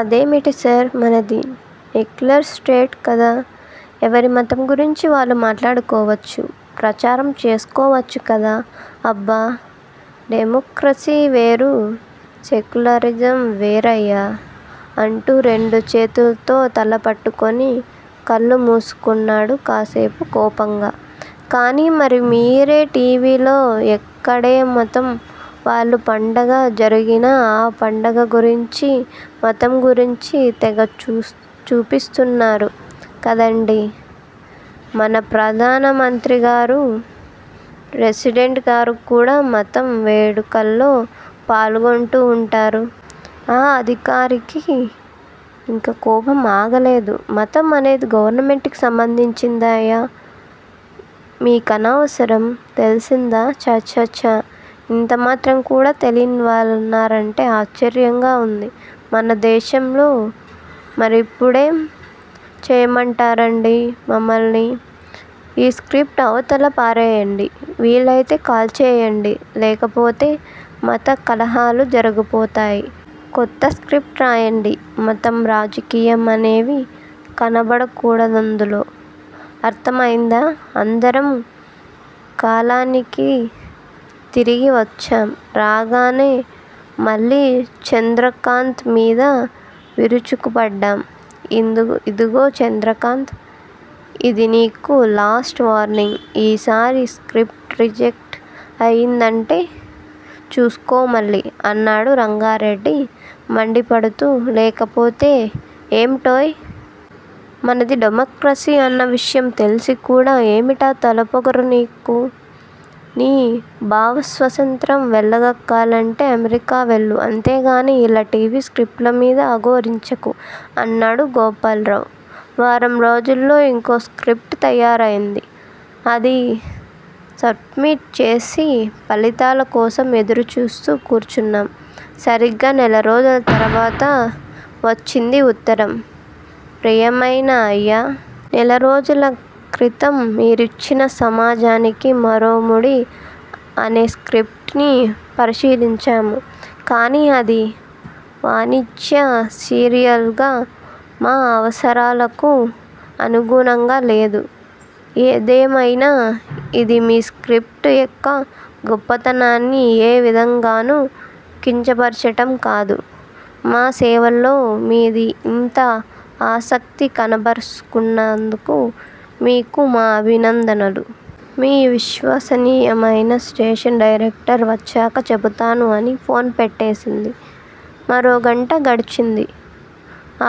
అదేమిటిసార్! మనది ఎక్యులర్ స్టేట్ కదా! ఎవరి మతం గురించి వాళ్ళు మాట్లాడుకోవచ్చు, ప్రచారం చేసుకోవచ్చు కదా! అబ్బా! డెమొక్రసీ వేరు- సెక్యులరిజం వేరయ్యా! అంటూ రెండు చేతుల్తో తల పట్టుకుని కళ్ళు మూసుకున్నాడు కాసేపు కోపంగా. కాని మరి మీరే టీవీలో ఎక్కడే మతం వాళ్ళ పండగ జరిగినా ఆ పండగ గురించీ, మతం గురించీ తెగ చూపిస్తున్నారు కదండీ' మన ప్రధానమంత్రి గారూ, ప్రెసిడెంట్ గారూ కూడా మతం వేడుకల్లో పాల్గొంటూ ఉంటారు! ఆ అధికారికి ఇంక కోపం ఆగలేదు. మతం అనేది గవర్నమెంట్ కి సంబంధించిందయ్యా! మీకనవసరం తెల్సిందా? ఛఛఛ! ఇంతమాత్రం కూడా తెలీనివాళ్ళున్నారంటే ఆశ్చర్యంగా ఉంది మన దేశంలో మరిప్పుడేం చేయమంటారండీ మమ్మల్ని? ఈ స్క్రిప్ట్ అవతల పారెయ్యండి! వీలయితే కాల్చేసేయండి. లేకపోతే మత కలహాలు జరిగిపోతాయ్! కొత్త స్క్రిప్ట్ రాయండి! మతం, రాజకీయం అనేవి కనబడకూడదందులో! అర్థమయిందా? అందరం కాలనీకి తిరిగి వచ్చాం! రాగానే మళ్ళీ చంద్రకాంత్ మీద విరుచుకుపడ్డాం. 'ఇదిగో చంద్రకాంత్! ఇది నీకు లాస్ట్ వార్నింగ్! ఈసారి స్క్రిప్ట్ రిజెక్ట్ అయ్యిందంటే చూస్కో మళ్ళీ- అన్నాడు రంగారెడ్డి మండిపడుతూ. లేకపోతే ఏమిటోయ్? మనది డెమొక్రసీ అన్న విషయం తెలిసి కూడా ఏమిటా తలపొగరు నీకు? నీ భావస్వాతంత్ర్యం వెళ్ళగక్కాలంటే అమెరికా వెళ్ళు! అంతేగానీ ఇలా టీవీ స్క్రిప్ట్ మీద అఘోరించకు! అన్నాడు గోపాల్రావ్. వారం రోజుల్లో ఇంకో స్క్రిప్ట్ తయారయింది. అది సబ్మిట్ చేసి ఫలితాల కోసం ఎదురుచూస్తూ కూర్చున్నాం- సరిగ్గా నెలరోజుల తర్వాత వచ్చింది ఉత్తరం- ప్రియమయిన అయ్యా! నెలరోజుల క్రితం మీరిచ్చిన సమాజానికి మరోముడి అనే స్క్రిప్ట్ ని పరిశీలించాము. కానీ అది వాణిజ్య సీరియల్ గా మా అవసరాలకు అనుగుణంగా లేదు. ఏదేమయినా ఇది మీ స్క్రిప్ట్ యొక్క గొప్పతనాన్ని ఏ విధంగానూ కించపరచటం కాదు. మా సేవలో మీరు ఇంత ఆసక్తి కనబరుస్తున్నందుకు మీకు మా అభినందనలు. మీ విశ్వాసనీయమయిన స్టేషన్ డైరెక్టర్। వచ్చాక చెపుతాను అని ఫోన్ పెట్టేసింది. మరోగంట గడిచింది.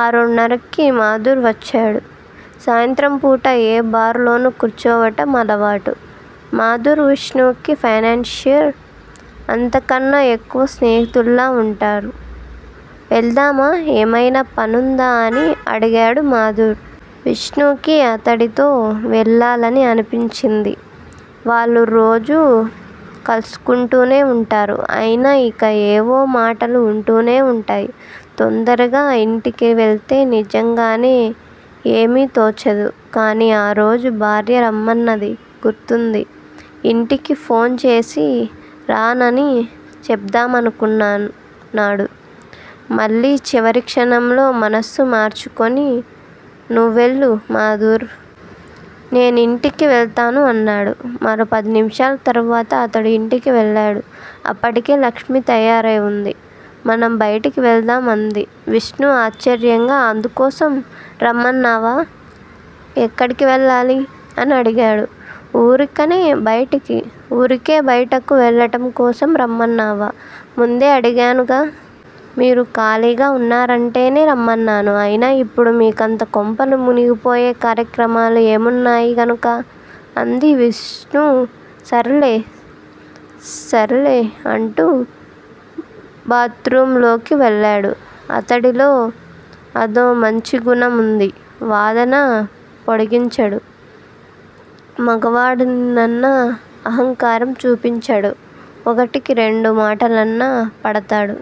ఆరున్నరకి మాధుర్ వచ్చాడు. సాయంత్రంపూట ఏ బార్ లోనో కూర్చోవటం అలవాటు. మాధుర్ విష్ణుకి ఫైనాన్సియర్. అంతకన్నా ఎక్కువగా స్నేహితుల్లా వుంటారు. వెళ్దామా? ఏమయినా పనుందా? అని అడిగాడు మాధూర్. విష్ణుకి అతడితో వెళ్ళాలనే అనిపించింది. వాళ్ళు రోజూ కలుసుకుంటూనే వుంటారు. అయినా ఇంకా ఏవో మాటలు వుంటూనే వుంటాయి. తొందరగా ఇంటికివెళ్తే నిజంగానే ఏమీ తోచదు. కానీ ఆరోజు భార్య రమ్మన్నది గుర్తుంది. ఇంటికి ఫోన్ చేసి రానని చెప్దామనుకున్నాడు. మళ్ళీ చివరి క్షణంలో మనసు మార్చుకుని, నువ్వెళ్ళు మాధుర్. నేనింటికి వెళ్తాను అన్నాడు. మరో పదినిమిషాల తరువాత అతడు ఇంటికి వెళ్ళాడు. అప్పటికే లక్ష్మి తయారైవుంది. మనం బయటకి వెళ్దాం అంది. విష్ణు ఆశ్చర్యంగా. అందుకోసం రమ్మన్నావా? ఎక్కడికి వెళ్ళాలి? అని అడిగాడు. ఊరికనే బయటకి ఊరికే బయటకు వెళ్ళటం కోసం రమ్మన్నావా? ముందే అడిగానుగా. మీరు ఖాళీగా వున్నానంటేనే రమ్మన్నాను. అయినా ఇప్పుడు మీకంత కొంపలు మునిగిపోయే కార్యక్రమాలు ఏమున్నాయి గనుక? అంది. విష్ణు సర్లె. సర్లె అంటూ బాత్ రూమ్ లోకి వెళ్ళాడు. అతడిలో అదో మంచిగుణం వుంది. వాదన పొడిగించడు. మగవాడినన్న అహంకారం చూపించడు. ఒకటి రెండు మాటలన్నా పడతాడు.